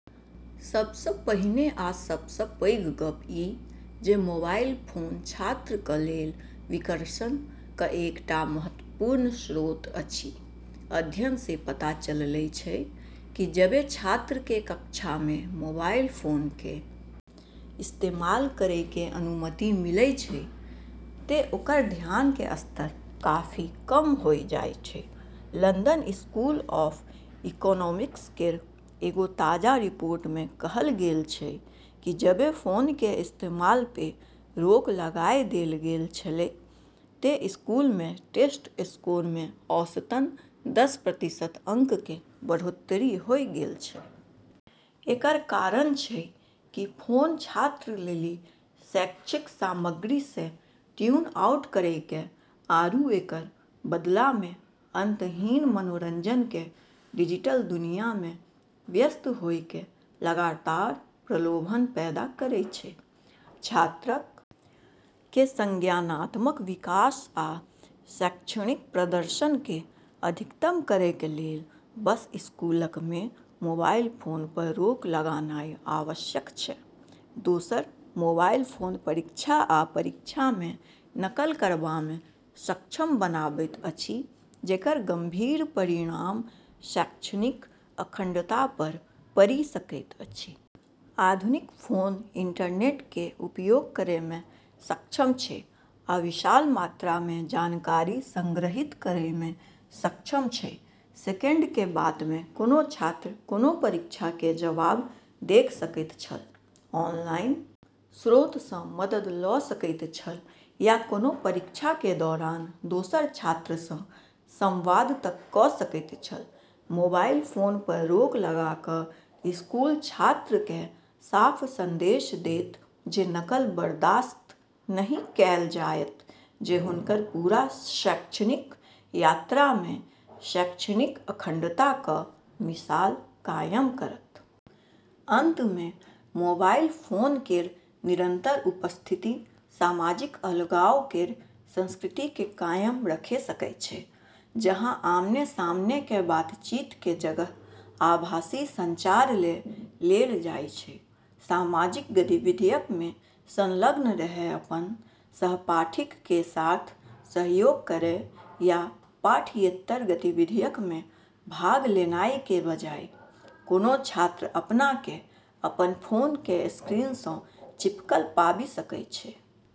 सबस पहिने आ सबस पैघ गप इ जे मोबाइल फोन छात्र क लेल विकर्षण क एकटा महत्वपूर्ण स्रोत अछि। अध्ययन से पता चललै छै कि जबे छात्रऽ के कक्षा मे मोबाइल फोन के इस्तेमाल करै के अनुमति मिलै छै ते ओकरऽ ध्यान के स्तर काफी कम होय जाय छै, लंदन स्कूल ऑफ इकोनॉमिक्स केरऽ एगो ताजा रिपोर्ट मे कहलऽ गेलऽ छै कि जबे फोन के इस्तेमाल पे रोक लगाय देलऽ गेलऽ छेलै ते स्कूलऽ मे टेस्ट स्कोर मे औसतन दस प्रतिशत अंक के बढ़ोत्तरी होय गेलऽ छै। एकरऽ कारण छै कि फोन छात्रऽ लेली शैक्षिक सामग्री से ट्यून आउट करै के आरू एकरऽ बदला मे अंतहीन मनोरंजन के डिजिटल दुनिया मे व्यस्त होय के लगातार प्रलोभन पैदा करै छै। छात्रक कें संज्ञानात्मक विकास आ शैक्षणिक प्रदर्शन कें अधिकतम करय कें लेल बस स्कूलक मे मोबाइल फोन पर रोक लगानाय आवश्यक छै, दोसर मोबाइल फोन परीक्षा आ परीक्षा मे नकल करबा मे सक्षम बनाबैत अछि जेकर गंभीर परिणाम शैक्षणिक अखंडता पर पड़ि सकैत अछि। आधुनिक फोन इंटरनेट कें उपयोग करय मे सक्षम छै आ विशाल मात्रा मे जानकारी संग्रहीत करय मे सक्षम छै, सेकेंड के बात में कोनो छात्र कोनो परीक्षा के जवाब देख सकैत छल, ऑनलाइन स्रोत सं मदद ल सकैत छल या कोनो परीक्षा के दौरान दोसर छात्र सं संवाद तक क सकैत छल, मोबाइल फोन पर रोक लगा क स्कूल छात्र कए साफ संदेश देत जे नकल बर्दाश्त नहि कैल जाएत जे हुनकर पूरा शैक्षणिक यात्रा मे शैक्षणिक अखंडता क मिसाल कायम करत। अंत में मोबाइल फोन केरऽ निरंतर उपस्थिति सामाजिक अलगाव केरऽ संस्कृति के कायम रखे सकै छै, जहां आमने-सामने के बातचीत के जगह आभासी संचार ले लेलऽ जाय छै। सामाजिक गतिविधियक मे संलग्न रहय अपन सहपाठीक कें साथ सहयोग करय या पाठ्येतर गतिविधियक मे भाग लेनाय कें बजाय, कोनों छात्र अपना कें अपन फोन कें स्क्रीन सं चिपकल पाबि सकय छै।